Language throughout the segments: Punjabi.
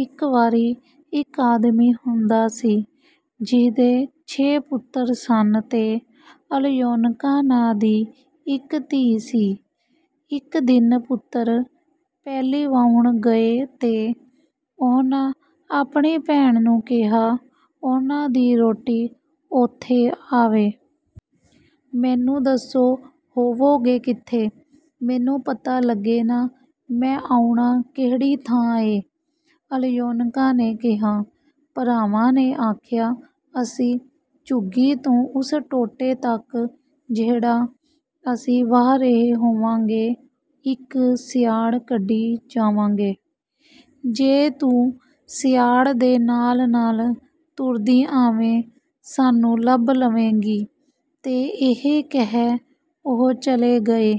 ਇੱਕ ਵਾਰੀ ਇੱਕ ਆਦਮੀ ਹੁੰਦਾ ਸੀ, ਜਿਹਦੇ ਛੇ ਪੁੱਤਰ ਸਨ ਤੇ ਅਲਯੋਨਕਾ ਨਾਂ ਦੀ ਇੱਕ ਧੀ ਸੀ। ਇੱਕ ਦਿਨ ਪੁੱਤਰ ਪੈਲੀ ਵਾਹੁਣ ਗਏ ਤੇ ਉਹਨਾਂ ਆਪਣੀ ਭੈਣ ਨੂੰ ਕਿਹਾ, ਉਹਨਾਂ ਦੀ ਰੋਟੀ ਓਥੇ ਆਵੇ। “ਮੈਨੂੰ ਦੱਸੋ, ਹੋਵੋਗੇ ਕਿੱਥੇ? ਮੈਨੂੰ ਪਤਾ ਲੱਗੇ ਨਾ, ਮੈਂ ਆਉਣਾ ਕਿਹੜੀ ਥਾਂ ਏ,” ਅਲਯੋਨਕਾ ਨੇ ਕਿਹਾ। ਭਰਾਵਾਂ ਨੇ ਆਖਿਆ, “ਅਸੀਂ ਝੁੱਗੀ ਤੋਂ ਉਸ ਟੋਟੇ ਤੱਕ, ਜਿਹੜਾ ਅਸੀਂ ਵਾਹ ਰਹੇ ਹੋਵਾਂਗੇ, ਇੱਕ ਸਿਆੜ ਕੱਢੀ ਜਾਵਾਂਗੇ। ਜੇ ਤੂੰ ਸਿਆੜ ਦੇ ਨਾਲ-ਨਾਲ ਤੁਰਦੀ ਆਵੇਂ, ਸਾਨੂੰ ਲੱਭ ਲਵੇਂਗੀ।” ਤੇ ਇਹ ਕਹਿ ਉਹ ਚਲੇ ਗਏ।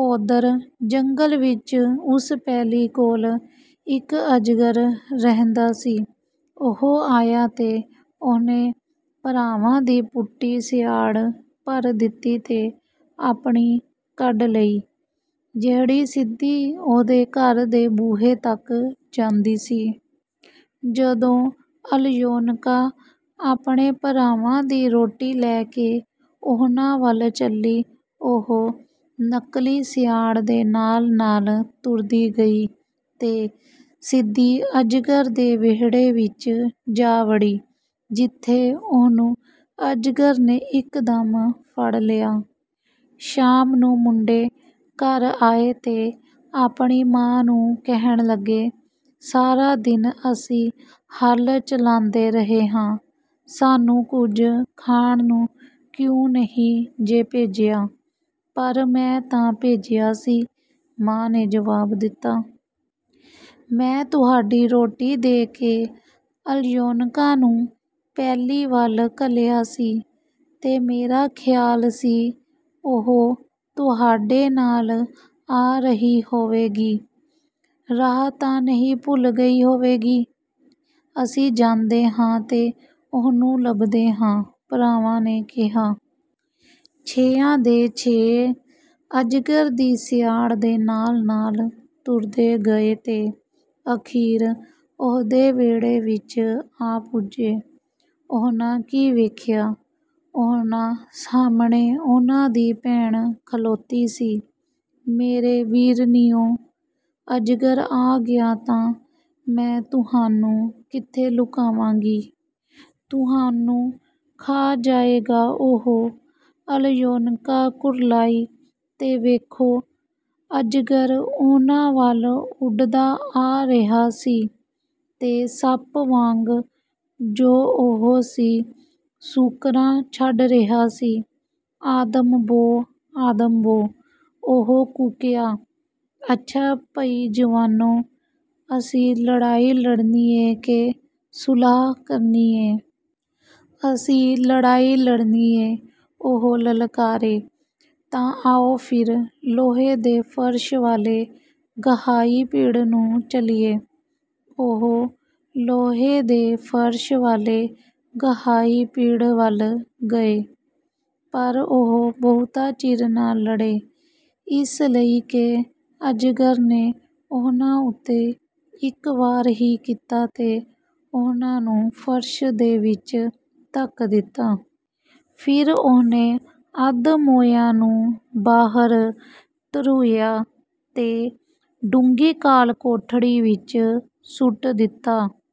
ਓਧਰ ਜੰਗਲ ਵਿੱਚ ਉਸ ਪੈਲੀ ਕੋਲ, ਇੱਕ ਅਜਗਰ ਰਹਿੰਦਾ ਸੀ। ਉਹ ਆਇਆ ਤੇ ਉਹਨੇ ਭਰਾਵਾਂ ਦੀ ਪੁੱਟੀ ਸਿਆੜ ਭਰ ਦਿੱਤੀ ਤੇ ਆਪਣੀ ਕੱਢ ਲਈ, ਜਿਹੜੀ ਸਿੱਧੀ ਉਹਦੇ ਘਰ ਦੇ ਬੂਹੇ ਤੱਕ ਜਾਂਦੀ ਸੀ। ਜਦੋਂ ਅਲਯੋਨਕਾ ਆਪਣੇ ਭਰਾਵਾਂ ਦੀ ਰੋਟੀ ਲੈ ਕੇ ਉਹਨਾਂ ਵੱਲ ਚੱਲੀ, ਉਹ ਨਕਲੀ ਸਿਆੜ ਦੇ ਨਾਲ-ਨਾਲ ਤੁਰਦੀ ਗਈ ਤੇ ਸਿੱਧੀ ਅਜਗਰ ਦੇ ਵਿਹੜੇ ਵਿੱਚ ਜਾ ਵੜੀ, ਜਿੱਥੇ ਉਹਨੂੰ ਅਜਗਰ ਨੇ ਇੱਕਦਮ ਫੜ ਲਿਆ। ਸ਼ਾਮ ਨੂੰ ਮੁੰਡੇ ਘਰ ਆਏ ਤੇ ਆਪਣੀ ਮਾਂ ਨੂੰ ਕਹਿਣ ਲੱਗੇ, “ਸਾਰਾ ਦਿਨ ਅਸੀਂ ਹਲ ਚਲਾਂਦੇ ਰਹੇ ਹਾਂ। ਸਾਨੂੰ ਕੁਝ ਖਾਣ ਨੂੰ ਕਿਉਂ ਨਹੀਂ ਜੇ ਭੇਜਿਆ?” “ਪਰ ਮੈਂ ਤਾਂ ਭੇਜਿਆ ਸੀ,” ਮਾਂ ਨੇ ਜਵਾਬ ਦਿੱਤਾ। “ਮੈਂ ਤੁਹਾਡੀ ਰੋਟੀ ਦੇ ਕੇ ਅਲਯੋਨਕਾ ਨੂੰ ਪੈਲੀ ਵੱਲ ਘੱਲਿਆ ਸੀ ਤੇ ਮੇਰਾ ਖ਼ਿਆਲ ਸੀ, ਉਹ ਤੁਹਾਡੇ ਨਾਲ ਆ ਰਹੀ ਹੋਵੇਗੀ। ਰਾਹ ਤਾਂ ਨਹੀਂ ਭੁੱਲ ਗਈ ਹੋਵੇਗੀ?” “ਅਸੀਂ ਜਾਂਦੇ ਹਾਂ ਤੇ ਉਹਨੂੰ ਲੱਭਦੇ ਹਾਂ,” ਭਰਾਵਾਂ ਨੇ ਕਿਹਾ। ਛੇਆਂ ਦੇ ਛੇਏਂ ਅਜਗਰ ਦੀ ਸਿਆੜ ਦੇ ਨਾਲ-ਨਾਲ ਤੁਰਦੇ ਗਏ ਤੇ ਅਖ਼ੀਰ ਉਹਦੇ ਵਿਹੜੇ ਵਿੱਚ ਆ ਪੁੱਜੇ। ਉਹਨਾਂ ਕੀ ਵੇਖਿਆ? ਉਹਨਾਂ ਸਾਹਮਣੇ ਉਹਨਾਂ ਦੀ ਭੈਣ ਖਲੋਤੀ ਸੀ। “ਮੇਰੇ ਵੀਰਨਿਓ, ਅਜਗਰ ਆ ਗਿਆ ਤਾਂ ਮੈਂ ਤੁਹਾਨੂੰ ਕਿੱਥੇ ਲੁਕਾਵਾਂਗੀ? ਤੁਹਾਨੂੰ ਖਾ ਜਾਏਗਾ ਉਹ!” ਅਲਯੋਨਕਾ ਕੁਰਲਾਈ। ਤੇ ਵੇਖੋ! ਅਜਗਰ ਉਹਨਾਂ ਵੱਲ ਉੱਡਦਾ ਆ ਰਿਹਾ ਸੀ ਤੇ ਸੱਪ ਵਾਂਗ, ਜੋ ਉਹ ਸੀ, ਸੂਕਰਾਂ ਛੱਡ ਰਿਹਾ ਸੀ। “ਆਦਮ ਬੋ! ਆਦਮ ਬੋ!” ਉਹ ਕੂਕਿਆ। “ਅੱਛਾ ਭਈ ਜਵਾਨੋ, ਅਸੀਂ ਲੜਾਈ ਲੜਨੀ ਏ ਕਿ ਸੁਲਾਹ ਕਰਨੀ ਏ?” “ਅਸੀਂ ਲੜਾਈ ਲੜਨੀ ਏ!” ਉਹ ਲਲਕਾਰੇ। “ਤਾਂ ਆਓ ਫਿਰ ਲੋਹੇ ਦੇ ਫ਼ਰਸ਼ ਵਾਲੇ ਗਹਾਈ-ਪਿੜ ਨੂੰ ਚੱਲੀਏ।” ਉਹ ਲੋਹੇ ਦੇ ਫ਼ਰਸ਼ ਵਾਲੇ ਗਹਾਈ-ਪਿੜ ਵੱਲ ਗਏ, ਪਰ ਉਹ ਬਹੁਤਾ ਚਿਰ ਨਾ ਲੜੇ। ਇਸ ਲਈ ਕਿ ਅਜਗਰ ਨੇ ਉਹਨਾਂ ਉੱਤੇ ਇੱਕ ਵਾਰ ਹੀ ਕੀਤਾ ਤੇ ਉਹਨਾਂ ਨੂੰ ਫ਼ਰਸ਼ ਦੇ ਵਿੱਚ ਧੱਕ ਦਿੱਤਾ। ਫਿਰ ਉਹਨੇ ਅੱਧ-ਮੋਇਆਂ ਨੂੰ ਬਾਹਰ ਧਰੂਹਿਆ ਤੇ ਡੂੰਘੀ ਕਾਲ-ਕੋਠੜੀ ਵਿੱਚ ਸੁੱਟ ਦਿੱਤਾ।